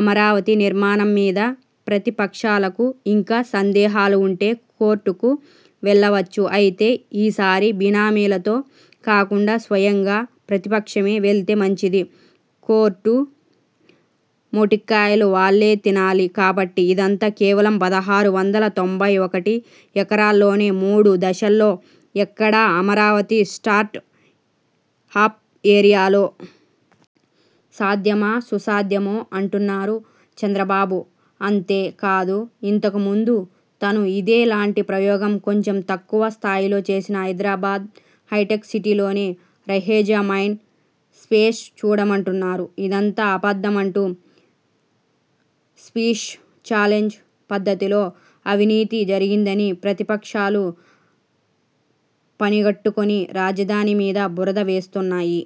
అమరావతి నిర్మాణం మీద ప్రతిపక్షాలకు ఇంకా సందేహాలు వుంటే, కోర్టుకు వెళ్ళవచ్చు. అయితే ఈసారి బినామీలతో కాకుండా, స్వయంగా ప్రతిపక్షమే వెళ్తే మంచిది. కోర్టు మొట్టి కాయలు వాళ్ళే తినాలి కాబట్టి..! ఇదంతా కేవలం పదహారు వందల తొంభై ఒకటిఎకరాల్లోనే! మూడు దశల్లో! ఎక్కడ? అమరావతి స్టార్ట్ అప్ ఏరియాలో! సాధ్యమా? సుసాధ్యము అంటున్నారు చంద్రబాబు..! అంతే కాదు, ఇంతకు ముందు తాను ఇదే లాంటి ప్రయోగం, కొంచం తక్కువ స్థాయిలో చేసిన, హైదరాబాదు హైటెక్ సిటీలోని, రహేజా మైండ్ స్పేస్ చూడమంటున్నారు! ఇదంతా అబద్ధం అంటూ స్విస్స్ చాలెంజ్ పద్ధతిలో అవినీతి జరిగిందని ప్రతిపక్షాలు పనిగట్టుకొని రాజధాని మీద బురద వేస్తున్నాయి.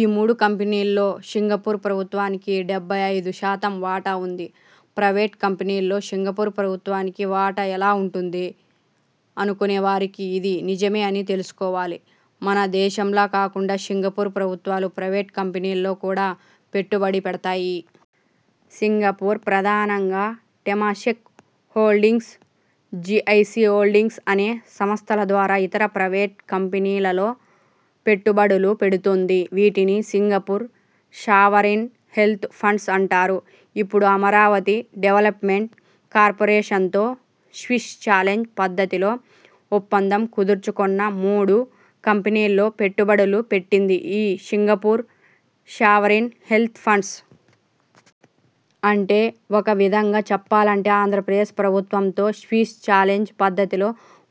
ఈ మూడు కంపెనీల్లో సింగపూర్ ప్రభుత్వానికి డెబ్బై ఐదు శాతం వాటా వుంది. ప్రైవేటు కంపెనీల్లో సింగపూర్ ప్రభుత్వానికి వాటా ఎలా వుంటుంది అనుకొనే వారికి, ఇది నిజమే అని తెలుసుకోవాలి. మన దేశంలా కాకుండా సింగపూర్ ప్రభుత్వాలు, ప్రైవేటు కంపెనీల్లో కూడా పెట్టుబడి పెడుతాయి. సింగపూర్ ప్రధానంగా, 'టేమాసేక్ హోల్డింగ్స్', 'జీఐసి హోల్డింగ్స్' అనే సంస్థల ద్వారా ఇతర ప్రైవేటు కంపనీలలో పెట్టుబడులు పెడుతుంది. వీటిని సింగపూర్ సావరిన్ హేల్త్ ఫండ్స్ అంటారు. ఇప్పుడు అమరావతి డెవలప్మెంట్ కార్పరేషన్తో స్విస్ చాలెంజ్ పద్ధతిలో ఒప్పదం కుదుర్చుకొన్న మూడు కంపెనీల్లో పెట్టుబడులు పెట్టింది ఈ సింగపూర్ సావరిన్ హేల్త్ ఫండ్స్. అంటే, ఒక విధంగా చెప్పాలంటే, ఆంద్రప్రదేశ్ ప్రభుత్వంతో స్విస్ చాలెంజ్ పద్ధతిలో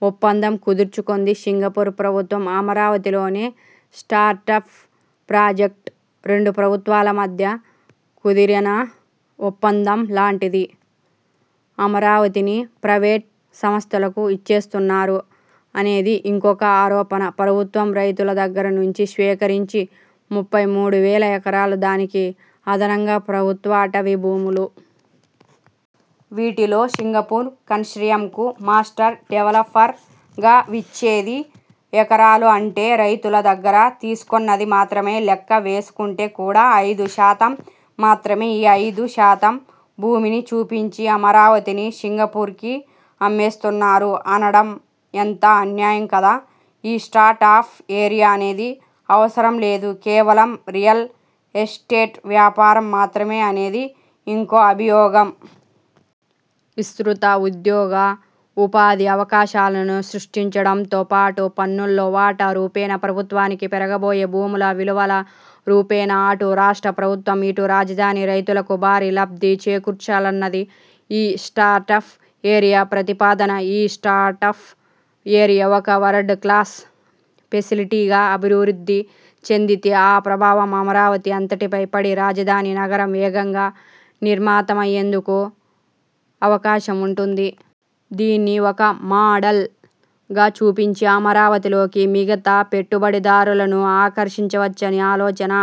ఒప్పందం కుదుర్చుకొంది సింగపూర్ ప్రభుత్వం. అమరావతిలోని స్టార్టప్ ప్రాజెక్టు రెండు ప్రభుత్వాల మధ్య కుదిరిన ఒప్పందం లాంటిది. అమరావతిని ప్రైవేటు సంస్థలకు ఇచ్చేస్తున్నారు అనేది ఇంకొక ఆరోపణ. ప్రభుత్వం రైతుల దగ్గర నుంచి సేకరించి ముప్పై మూడు వేల ఎకరాలు, దానికి అదనంగా ప్రభుత్వ అటవీ భూములు. వీటిలో సింగపూర్ కన్సార్షియంకు మాస్టర్ డెవలపర్ గా ఇచ్చేది ఎకరాలు. అంటే, రైతుల దగ్గర తీసుకొన్నది మాత్రమే లెక్క వేసుకొంటే కూడా, ఐదు శాతం మాత్రమే. ఈ అయిదు శాతం భూమిని చూపించి అమరావతిని సింగపూర్ కి అమ్మేస్తున్నారు అనడం ఎంత అన్యాయం కదా. ఈ స్టార్ట్ అప్ ఏరియా అనేది అవసరం లేదు, కేవలం రియల్ ఎస్టేట్ వ్యాపారం మాత్రమే అనేది ఇంకో అభియోగం. విస్తృత ఉద్యోగ, ఉపాధి అవకాశాలను సృష్టించడంతో పాటు పన్నుల్లో వాటా రూపేణా ప్రభుత్వానికి, పెరగబోయే భూముల విలువల రూపేణా అటు రాష్ట్ర ప్రభుత్వం, ఇటు రాజధాని రైతులకు భారీ లబ్ధి చేకూర్చాలన్నది ఈ స్టార్టప్ ఏరియా ప్రతిపాదన. ఈ స్టార్ట్ అప్ ఏరియా ఒక వరల్డ్ క్లాస్ ఫెసిలిటీగా అభివృద్ధి చెందితే, ఆ ప్రభావం అమరావతి అంతటిపై పడి, రాజధాని నగరం వేగంగా నిర్మాత మయ్యేందుకు అవకాశం వుంటుంది. దీన్ని ఒక మాడల్ గా చూపించి అమరావతిలోకి మిగతా పెట్టుబడిదారులను ఆకర్షించవచ్చని ఆలోచన.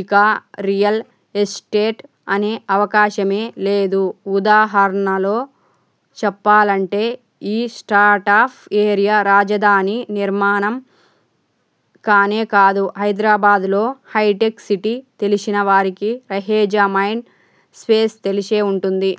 ఇక రియల్ ఎస్టేట్ అనే అవకాశమే లేదు. ఉదాహరణలో చెప్పాలంటే, ఈ స్టార్ట్ అప్ ఏరియా రాజధాని నిర్మాణం కానే కాదు. హైదరాబాదులో హైటెక్ సిటీ తెలిసిన వారికి రహేజా మైండ్ స్పేస్ తెలిసే వుంటుంది.